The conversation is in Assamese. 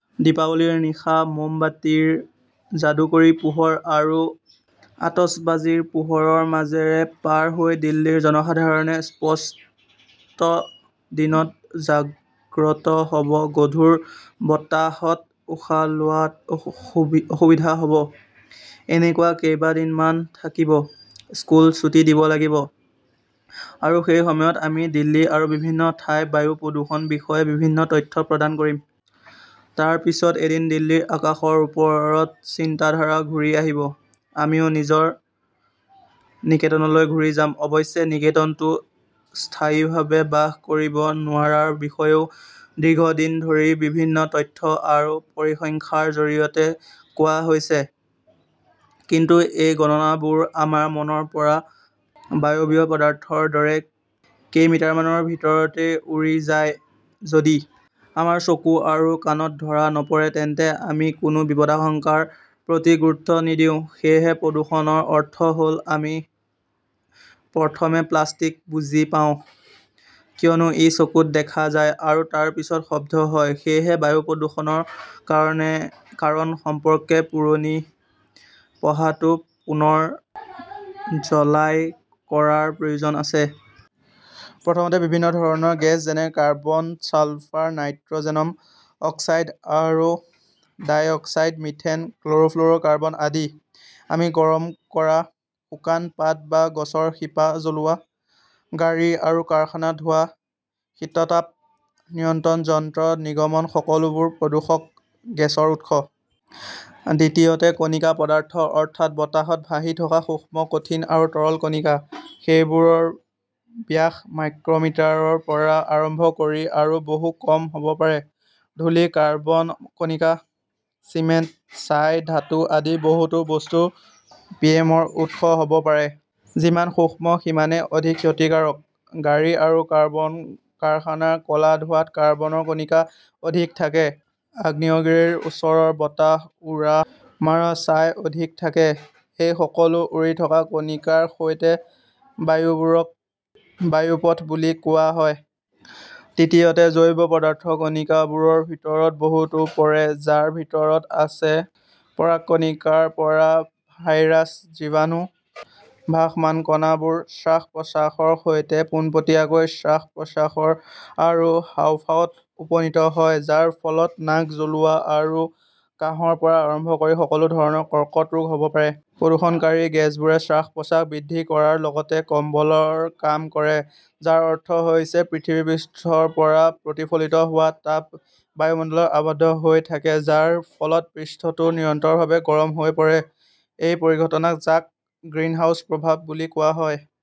দীপাৱলীৰ নিশা মমবাতিৰ যাদুকৰী পোহৰ আৰু আতচবাজীৰ পোহৰৰ মাজেৰে পাৰ হৈ দিল্লীৰ জনসাধাৰণে অস্পষ্ট দিনত জাগ্ৰত হ'ব, গধুৰ বতাহত উশাহ লোৱাত অসুবিধা হ' ব। এনেকুৱা কেইদিনমান থাকিব, স্কুলৰ ছুটী দিব লাগিব, আৰু সেই সময়ত আমি দিল্লী আৰু বিভিন্ন ঠাইৰ বায়ু প্ৰদূষণৰ বিষয়ে বিভিন্ন তথ্য প্ৰদান কৰিম। তাৰ পিছত এদিন দিল্লীৰ আকাশৰ ওপৰত চিন্তাধাৰা ঘূৰি আহিব, আমিও নিজৰ নিকেতনলৈ ঘূৰি যাম। অৱশ্যে, নিকেতনতো স্থায়ীভাৱে বাস কৰিব নোৱাৰাৰ বিষয়েও দীৰ্ঘদিন ধৰি বিভিন্ন তথ্য আৰু পৰিসংখ্যাৰ জৰিয়তে কোৱা হৈছে। কিন্তু এই গণনাবোৰ আমাৰ মনৰ পৰা বায়বীয় পদাৰ্থৰ দৰে কেইমিনিটমানৰ ভিতৰতে উৰি যায়। যদি আমাৰ চকু আৰু কাণত ধৰা নপৰে তেন্তে আমি কোনো বিপদাশংকাৰ প্ৰতি গুৰুত্ব নিদিওঁ। সেয়েহে প্ৰদূষণৰ অৰ্থ হ'ল আমি প্ৰথমে প্লাষ্টিক বুজি পাওঁ, কিয়নো ই চকুত দেখা যায়, আৰু তাৰ পিছতে শব্দ হয়। সেয়েহে বায়ু প্ৰদূষণৰ কাৰণ সম্পৰ্কে পুৰণি পঢ়াটো পুনৰ ঝালাই কৰাৰ প্ৰয়োজন আছে। প্ৰথমতে, বিভিন্ন ধৰণৰ গেছ যেনে কাৰ্বন, ছালফাৰ, নাইট্ৰজেনমন' অক্সাইড আৰু ডাই-অক্সাইড, মিথেন, ক্লৰ'ফ্লুৰ'কাৰ্বন আদি। আমি গৰম কৰা, শুকান পাত বা গছৰ শিপা জ্বলোৱা, গাড়ী আৰু কাৰখানাৰ ধোঁৱা, শীতাতাপ নিয়ন্ত্ৰণ যন্ত্ৰৰ নিৰ্গমন সকলোবোৰ প্ৰদূষক গেছৰ উৎস। দ্বিতীয়তে, কণিকা পদাৰ্থ -অৰ্থাৎ বতাহত ভাহি থকা সূক্ষ্ম কঠিন আৰু তৰল কণিকা। সেইবোৰৰ ব্যাস মাইক্ৰ'মিটাৰ ৰ পৰা আৰম্ভ কৰি আৰু বহুত কম হ'ব পাৰে। ধূলি, কাৰ্বন কণিকা, চিমেণ্ট, ছাই, ধাতু আদি বহুতো বস্তু পিএমৰ উৎস হ 'ব পাৰে। যিমান সূক্ষ্ম সিমানেই অধিক ক্ষতিকাৰক। গাড়ী আৰু কাৰখানাৰ ক 'লা ধোঁৱাত কাৰ্বন-কণিকা অধিক থাকে, আগ্নেয়গিৰিৰ ওচৰৰ বতাহত উৰা মাৰা ছাই অধিক থাকে। এই সকলো উৰি থকা কণিকাৰ সৈতে বায়ুবোৰক বায়ুপথ বুলি কোৱা হয়। তৃতীয়তে, জৈৱ পদাৰ্থৰ কণাবোৰৰ ভিতৰত বহুতো পৰে যাৰ ভিতৰত আছে পৰাগকণিকাৰ পৰা ভাইৰাছ, জীৱাণু। ভাসমান কণাবোৰ শ্বাস-প্ৰশ্বাসৰ সৈতে পোনপটীয়াকৈ শ্বাস-প্ৰশ্বাস আৰু হাঁওফাঁওত উপনীত হয়, যাৰ ফলত নাক জ্বলোৱা আৰু কাহৰ পৰা আৰম্ভ কৰি সকলো ধৰণৰ কৰ্কট ৰোগ হ'ব পাৰে। প্ৰদূষণকাৰী গেছবোৰে শ্বাস-প্ৰশ্বাস বৃদ্ধি কৰাৰ লগতে কম্বলৰ কাম কৰে, যাৰ অৰ্থ হৈছে পৃথিৱীৰ পৃষ্ঠৰ পৰা প্ৰতিফলিত হোৱা তাপ বায়ুমণ্ডলত আবদ্ধ হৈ থাকে, যাৰ ফলত পৃষ্ঠটো নিৰন্তৰভাৱে গৰম হৈ পৰে, এক পৰিঘটনা যাক 'গ্ৰীণহাউছ প্ৰভাৱ' বুলি কোৱা হয় ।